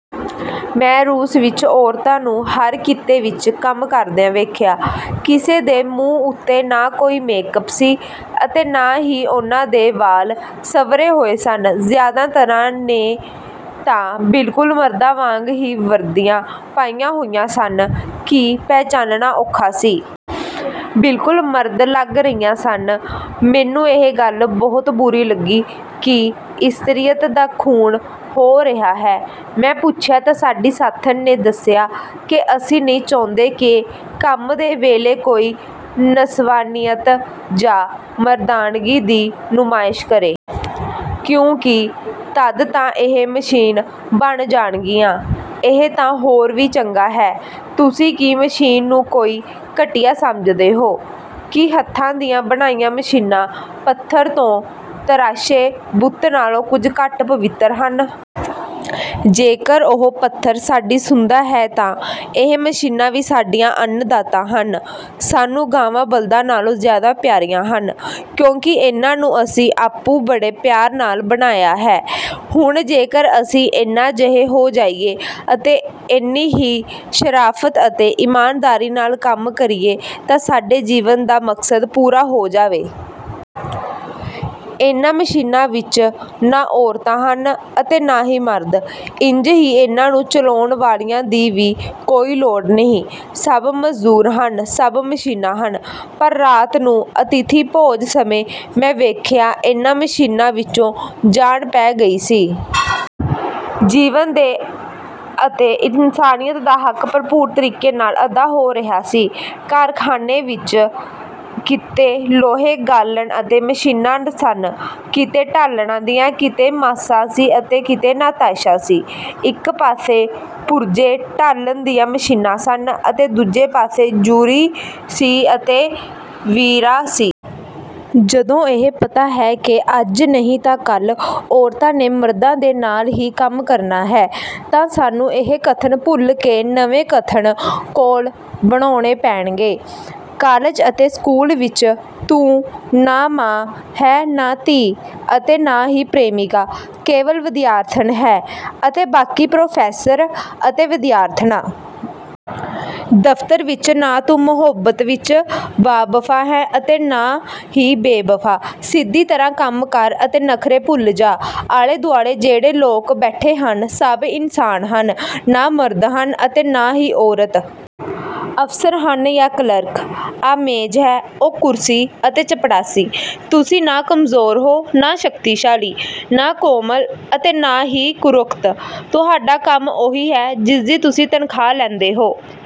ਮੈਂ ਰੂਸ ਵਿੱਚ ਔਰਤਾਂ ਨੂੰ ਹਰ ਕਿੱਤੇ ਵਿੱਚ ਕੰਮ ਕਰਦਿਆਂ ਵੇਖਿਆ। ਕਿਸੇ ਦੇ ਮੂੰਹ ਉੱਤੇ ਨਾ ਕੋਈ ਮੇਕ-ਅੱਪ ਸੀ ਅਤੇ ਨਾ ਹੀ ਉਹਨਾਂ ਦੇ ਵਾਲ ਸੰਵਾਰੇ ਹੋਏ ਸਨ। ਜ਼ਿਆਦਾਤਰ ਨੇ ਤਾਂ ਬਿਲਕੁਲ ਮਰਦਾਂ ਵਾਂਗ ਹੀ ਵਰਦੀਆਂ ਪਾਈਆਂ ਹੋਈਆਂ ਸਨ ਕਿ ਪਹਿਚਾਨਣਾ ਔਖਾ ਸੀ। ਬਿਲਕੁਲ ਮਰਦ ਲੱਗ ਰਹੀਆਂ ਸਨ। ਮੈਨੂੰ ਇਹ ਗੱਲ ਬਹੁਤ ਬੁਰੀ ਲੱਗੀ ਕਿ 'ਇਸਤਰੀਅਤ' ਦਾ ਖੂਨ ਹੋ ਰਿਹਾ ਹੈ। ਮੈਂ ਪੁੱਛਿਆ ਤਾਂ ਸਾਡੀ ਸਾਥਣ ਨੇ ਦੱਸਿਆ ਕਿ 'ਅਸੀਂ ਨਹੀਂ ਚਾਹੁੰਦੇ ਕਿ ਕੰਮ ਦੇ ਵੇਲੇ ਕੋਈ 'ਨਸਵਾਨੀਅਤ' ਜਾਂ 'ਮਰਦਾਨਗੀ' ਦੀ ਨੁਮਾਇਸ਼ ਕਰੇ।' 'ਕਿਉਂਕਿ ਤਦ ਤਾਂ ਇਹ ਮਸ਼ੀਨ ਬਣ ਜਾਣਗੀਆਂ।' 'ਇਹ ਤਾਂ ਹੋਰ ਵੀ ਚੰਗਾ ਹੈ। ਤੁਸੀਂ ਕੀ ਮਸ਼ੀਨ ਨੂੰ ਕੋਈ ਘਟੀਆ ਸਮਝਦੇ ਹੋ? ਕੀ ਹੱਥਾਂ ਦੀਆਂ ਬਣਾਈਆਂ ਮਸ਼ੀਨਾਂ ਪੱਥਰ ਤੋਂ ਤਰਾਸ਼ੇ ਬੁੱਤ ਨਾਲੋਂ ਕੁਝ ਘੱਟ ਪਵਿੱਤਰ ਹਨ? ਜੇਕਰ ਉਹ ਪੱਥਰ ਸਾਡੀ ਸੁਣਦਾ ਹੈ ਤਾਂ ਇਹ ਮਸ਼ੀਨਾਂ ਵੀ ਸਾਡੀਆਂ ਅੰਨ-ਦਾਤਾ ਹਨ। ਸਾਨੂੰ ਗਾਵਾਂ-ਬਲਦਾਂ ਨਾਲੋਂ ਜ਼ਿਆਦਾ ਪਿਆਰੀਆਂ ਹਨ। ਕਿਉਂਕਿ ਇਹਨਾਂ ਨੂੰ ਅਸੀਂ ਆਪੂੰ ਬੜੇ ਪਿਆਰ ਨਾਲ ਬਣਾਇਆ ਹੈ। ਹੁਣ ਜੇਕਰ ਅਸੀਂ ਇਹਨਾਂ ਜਿਹੇ ਹੋ ਜਾਈਏ ਅਤੇ ਇੰਨੀ ਹੀ ਸ਼ਰਾਫਤ ਅਤੇ ਈਮਾਨਦਾਰੀ ਨਾਲ ਕੰਮ ਕਰੀਏ ਤਾਂ ਸਾਡੇ ਜੀਵਨ ਦਾ ਮਕਸਦ ਪੂਰਾ ਹੋ ਜਾਵੇ। ਇਹਨਾਂ ਮਸ਼ੀਨਾਂ ਵਿੱਚ ਨਾ ਔਰਤਾਂ ਹਨ ਅਤੇ ਨਾ ਹੀ ਮਰਦ। ਇੰਝ ਹੀ ਇਹਨਾਂ ਨੂੰ ਚਲਾਉਣ ਵਾਲਿਆਂ ਦੀ ਵੀ ਕੋਈ ਲੋੜ ਨਹੀਂ। ਸਭ ਮਜ਼ਦੂਰ ਹਨ, ਸਭ ਮਸ਼ੀਨਾਂ ਹਨ।' ਪਰ ਰਾਤ ਨੂੰ ਅਤਿਥੀ-ਭੋਜ ਸਮੇਂ ਮੈਂ ਵੇਖਿਆ ਇਹਨਾਂ ਮਸ਼ੀਨਾਂ ਵਿੱਚ ਜਾਨ ਪੈ ਗਈ ਸੀ। ਜੀਵਨ ਅਤੇ ਇਨਸਾਨੀਅਤ ਦਾ ਹੱਕ ਭਰਪੂਰ ਤਰੀਕੇ ਨਾਲ ਅਦਾ ਹੋ ਰਿਹਾ ਸੀ। ਕਾਰਖਾਨੇ ਵਿੱਚ ਕਿਤੇ ਲੋਹਾ ਗਾਲ੍ਹਣ ਅਤੇ ਮਸ਼ੀਨਾਂ ਸਨ, ਕਿਤੇ ਢਾਲਣ ਦੀਆਂ, ਕਿਤੇ 'ਮਾਸ਼ਾ' ਸੀ ਤਾਂ ਕਿਤੇ 'ਨਤਾਸ਼ਾ' ਸੀ। ਇੱਕ ਪਾਸੇ ਪੁਰਜ਼ੇ ਢਾਲਣ ਦੀਆਂ ਮਸ਼ੀਨਾਂ ਸਨ ਤਾਂ ਦੂਜੇ ਪਾਸੇ 'ਯੂਰੀ' ਸੀ ਅਤੇ 'ਵੀਰਾ' ਸੀ। ਜਦੋਂ ਇਹ ਪਤਾ ਹੈ ਕਿ ਅੱਜ ਨਹੀਂ ਤਾਂ ਕੱਲ੍ਹ ਔਰਤਾਂ ਨੇ ਮਰਦਾਂ ਦੇ ਨਾਲ ਹੀ ਕੰਮ ਕਰਨਾ ਹੈ ਤਾਂ ਸਾਨੂੰ ਇਹ ਕਥਨ ਭੁੱਲ ਕੇ ਨਵੇਂ ਕਥਨ/ਕੌਲ ਬਣਾਉਣੇ ਪੈਣਗੇ:- ਕਾਲਜ ਅਤੇ ਸਕੂਲ ਵਿੱਚ ਤੂੰ ਨਾ ਮਾਂ ਹੈਂ ਨਾ ਧੀ ਅਤੇ ਨਾ ਹੀ ਪ੍ਰੇਮਿਕਾ--ਕੇਵਲ ਵਿਦਿਆਰਥਣ ਹੈਂ ਅਤੇ ਬਾਕੀ ਪ੍ਰੋਫੈਸਰ ਅਤੇ ਵਿਦਿਆਰਥਣਾਂ। ਦਫ਼ਤਰ ਵਿੱਚ ਨਾ ਤੂੰ ਮੁਹੱਬਤ ਵਿੱਚ ਬਾ-ਵਫ਼ਾ ਹੈਂ ਅਤੇ ਨਾ ਹੀ ਬੇ-ਵਫ਼ਾ। ਸਿੱਧੀ ਤਰ੍ਹਾਂ ਕੰਮ ਕਰ ਅਤੇ ਨਖ਼ਰੇ ਭੁੱਲ ਜਾ। ਆਲੇ-ਦੁਆਲੇ ਜਿਹੜੇ ਲੋਕ ਬੈਠੇ ਹਨ ਸਭ ਇਨਸਾਨ ਹਨ: ਨਾ ਮਰਦ ਹਨ ਅਤੇ ਨਾ ਹੀ ਔਰਤਾਂ। ਅਫਸਰ ਹਨ ਜਾਂ ਕਲਰਕ, ਆਹ ਮੇਜ਼ ਹੈ, ਔਹ ਕੁਰਸੀ ਅਤੇ ਚਪੜਾਸੀ। ਤੁਸੀਂ ਨਾ ਕਮਜ਼ੋਰ ਹੋ ਨਾ ਸ਼ਕਤੀਸ਼ਾਲੀ, ਨਾ ਕੋਮਲ ਅਤੇ ਨਾ ਹੀ ਕੁਰੱਖਤ। ਤੁਹਾਡਾ ਕੰਮ ਉਹੀ ਹੈ ਜਿਸਦੀ ਤੁਸੀਂ ਤਨਖ਼ਾਹ ਲੈਂਦੇ ਹੋ।